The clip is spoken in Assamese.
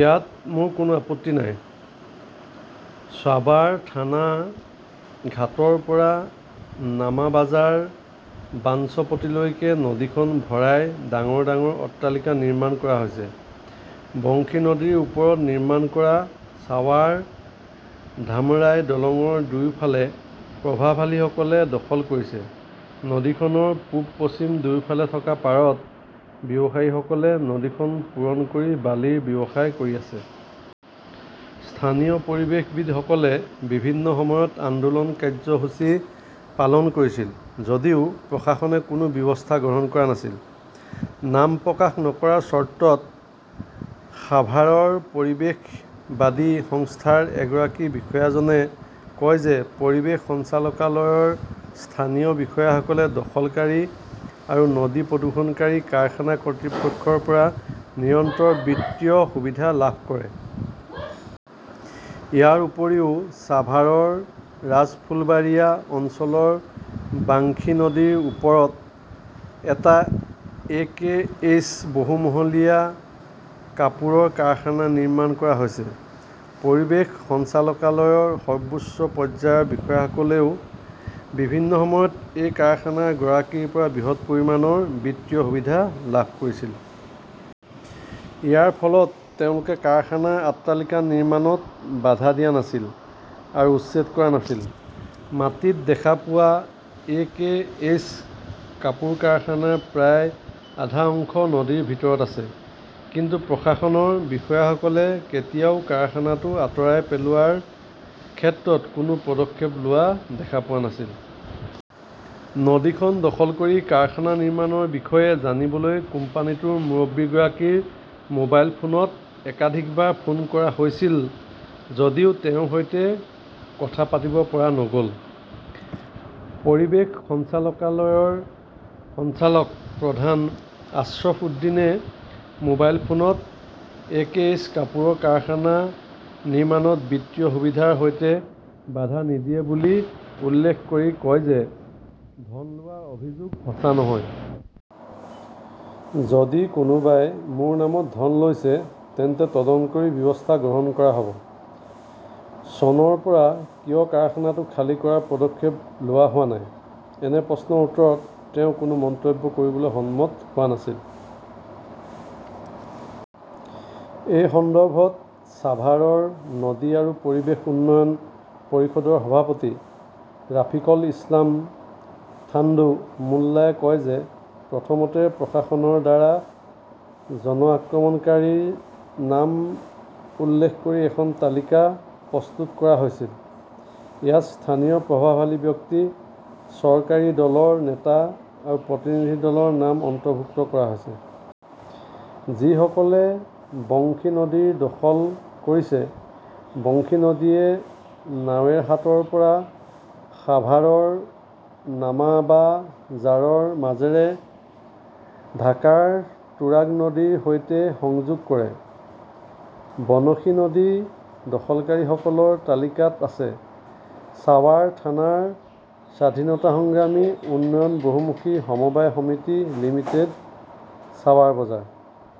ইয়াত মোৰ কোনো আপত্তি নাই। সাৱাৰ থানা ঘাটৰ পৰা নামাবাজাৰ বাঞ্চপট্টিলৈকে নদীখন ভৰাই ডাঙৰ ডাঙৰ অট্টালিকা নিৰ্মাণ কৰা হৈছে। বংশী নদীৰ ওপৰত নিৰ্মাণ কৰা সাৱাৰ-ধামৰাই দলংৰ দুয়োফালে প্ৰভাৱশালীসকলে দখল কৰিছে। নদীখনৰ পূব-পশ্চিম দুয়োফালে থকা পাৰত ব্যৱসায়ীসকলে নদীখন পূৰণ কৰি বালিৰ ব্যৱসায় কৰি আছে। স্থানীয় পৰিৱেশবিদসকলে বিভিন্ন সময়ত আন্দোলন কাৰ্যসূচী পালন কৰিছিল যদিও প্ৰশাসনে কোনো ব্যৱস্থা গ্ৰহণ কৰা নাছিল। নাম প্ৰকাশ নকৰাৰ চৰ্তত সাভাৰৰ পৰিৱেশবাদী সংস্থাৰ এগৰাকী বিষয়াজনে কয় যে পৰিৱেশ সঞ্চালকালয়ৰ স্থানীয় বিষয়াসকলে দখলকাৰী আৰু নদী প্ৰদূষণকাৰী কাৰখানা কৰ্তৃপক্ষৰ পৰা নিৰন্তৰ বিত্তীয় সুবিধা লাভ কৰে। ইয়াৰ উপৰিও ছাভাৰৰ ৰাজফুলবাৰিয়া অঞ্চলৰ বাংশী নদীৰ ওপৰত এটা একেএইচ বহুমহলীয়া কাপোৰৰ কাৰখানা নিৰ্মাণ কৰা হৈছে। পৰিৱেশ সঞ্চালকালয়ৰ সৰ্বোচ্চ পৰ্যায়ৰ বিষয়াসকলেও বিভিন্ন সময়ত এই কাৰখানাৰ গৰাকীৰ পৰা বৃহৎ পৰিমাণৰ বিত্তীয় সুবিধা লাভ কৰিছিল। ইয়াৰ ফলত তেওঁলোকে কাৰখানাৰ অট্টালিকা নিৰ্মাণত বাধা দিয়া নাছিল আৰু উচ্ছেদ কৰা নাছিল। মাটিত দেখা পোৱা এ. কে. এইচ. কাপোৰ কাৰখানাৰ প্ৰায় আধা অংশ নদীৰ ভিতৰত আছে। কিন্তু প্ৰশাসনৰ বিষয়াসকলে কেতিয়াও কাৰখানাটো আঁতৰাই পেলোৱাৰ ক্ষেত্ৰত কোনো পদক্ষেপ লোৱা দেখা পোৱা নাছিল। নদীখন দখল কৰি কাৰখানা নিৰ্মাণৰ বিষয়ে জানিবলৈ কোম্পানীটোৰ মুৰব্বীগৰাকীৰ মোবাইল ফোনত একাধিকবাৰ ফোন কৰা হৈছিল যদিও তেওঁৰ সৈতে কথা পাতিব পৰা নগ "ল। পৰিৱেশ সঞ্চালকালয়ৰ সঞ্চালক প্ৰধান আশ্ৰফ উদ্দিনে মোবাইল ফোনত একেএইচ কাপোৰৰ কাৰখানা নিৰ্মাণত বিত্তীয় সুবিধাৰ সৈতে বাধা নিদিয়ে বুলি উল্লেখ কৰি কয় যে ধন লোৱাৰ অভিযোগ সঁচা নহয়। যদি কোনোবাই মোৰ নামত ধন লৈছে তেন্তে তদন্ত কৰি ব্যৱস্থা গ্ৰহণ কৰা হ "ব। চনৰ পৰা কিয় কাৰখানাটো খালী কৰাৰ পদক্ষেপ লোৱা হোৱা নাই? এনে প্ৰশ্নৰ উত্তৰত তেওঁ কোনো মন্তব্য কৰিবলৈ সন্মত হোৱা নাছিল। এই সন্দৰ্ভত ছাভাৰৰ 'নদী আৰু পৰিৱেশ উন্নয়ন "পৰিষদৰ সভাপতি ৰাফিকল ইছলাম থান্ডু মোল্লাৱে কয় যে প্ৰথমতে প্ৰশাসনৰ দ্বাৰা জন আক্ৰমণকাৰীৰ নাম উল্লেখ কৰি এখন তালিকা প্ৰস্তুত কৰা হৈছিল। ইয়াত স্থানীয় প্ৰভাৱশালী ব্যক্তি, চৰকাৰী দলৰ নেতা আৰু প্ৰতিনিধি দলৰ নাম অন্তৰ্ভুক্ত কৰা হৈছে। যিসকলে বংশী নদী দখল কৰিছেঃ বংশী নদীয়ে নাৱেৰহাটৰ পৰা সাভাৰৰ নামাবাজাৰৰ মাজেৰে ঢাকাৰ তুৰাগ নদীৰ সৈতে সংযোগ কৰে। বনশী নদী দখলকাৰীসকলৰ তালিকাত আছে-ছাৱাৰ থানাৰ স্বাধীনতা সংগ্ৰামী উন্নয়ন বহুমুখী সমবায় সমিতি লিমিটেড, ছাৱাৰ বজাৰ